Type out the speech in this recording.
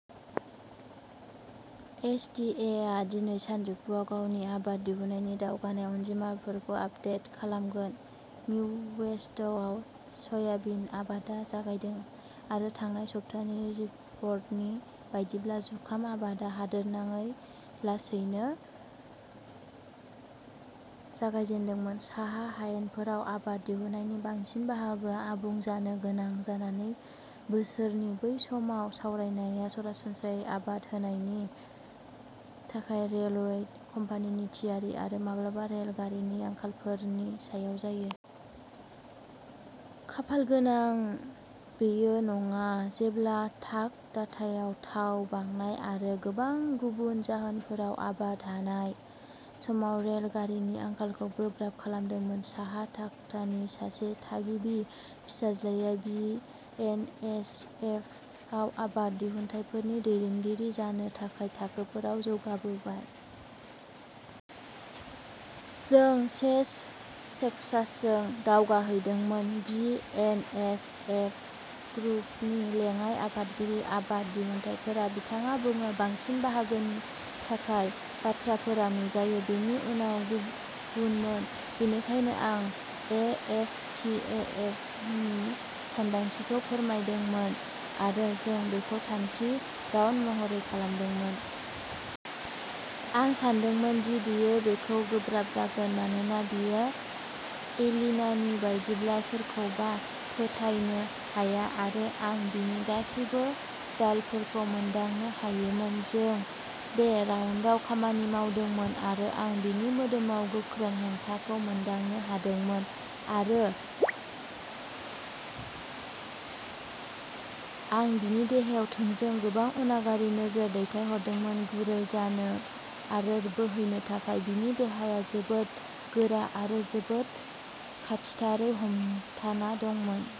S. D. A. आ दिनै सानजौफुआव गावनि आबाद दिहुन्नायनि दावगानाय अनजिमाफोरखौ आपदेट खालामगोन। मिडवेस्टआव सयाबिन आबादा जागायदों, आरो थांनाय सप्तानि रिपर्टनि बायदिब्ला, जुखाम आबादा हादोरनाङै लासैनो जागायजेन्दोंमोन। साहा हायेनफोराव आबाद दिहुन्नायनि बांसिन बाहागोआ आबुं जानो गोनां जानानै, बोसोरनि बे समाव सावरायनाया सरासनस्रायै आबाद हानायनि थाखाय रेलरोड कम्पानिनि थियारि-आरो माब्लाबा-रेल गारिनि आंखालफोरनि सायाव जायो। खाफालगोनां, बेयो नङा, जेब्ला डाक'टायाव थाव बांनाय-आरो गोबां गुबुन जाहोनफोरा-आबाद हानाय समाव रेल गारिनि आंखालखौ गोब्राब खालामदोंमोन। साहा डाक'टानि सासे थागिबि फिसाज्लाया बि. एन. एस. एफ. आव आबाद दिहुनथायफोरनि दैदेनगिरि जानो थाखाय थाखोफोराव जौगाबाय। जों सेम सेक्सासजों दावबायहैदोंमोन, बि. एन. एस. एफ. ग्रुपनि लेङाइ आफादगिरि, आबाद दिहुनथायफोर। बिथाङा बुङो, बांसिन बाहागोनि थाखाय, बाथ्राफोरा नुजायो। बेनि उनाव गुबुनमोन, बेनिखायनो आं E. F. T. E. M. नि सानदांथिखौ फोरमायदोंमोन आरो जों बेखौ थामथि राउन्ड महरै खालामदोंमोन। आं सान्दोंमोन दि बियो बेजों गोब्राब जागोन मानोना बियो एलिनानि बायदिब्ला सोरखौबा फोथायनो हाया आरो आं बिनि गासैबो ढालफोरखौ मोनदांनो हायोमोन। जों बै राउन्डआव खामानि मावदोंमोन आरो आं बिनि मोदोमाव गोख्रों हेंथाखौ मोनदांनो हादोंमोन आरो आं बिनि देहायाव थोंजों गोबां अननायारि नोजोर दैथायहरदोंमोन गुरै जानो आरो बोहैनो थाखाय। बिनि देहाया जोबोद गोरा आरो जोबोद खाथिथारै हमथाना दंमोन।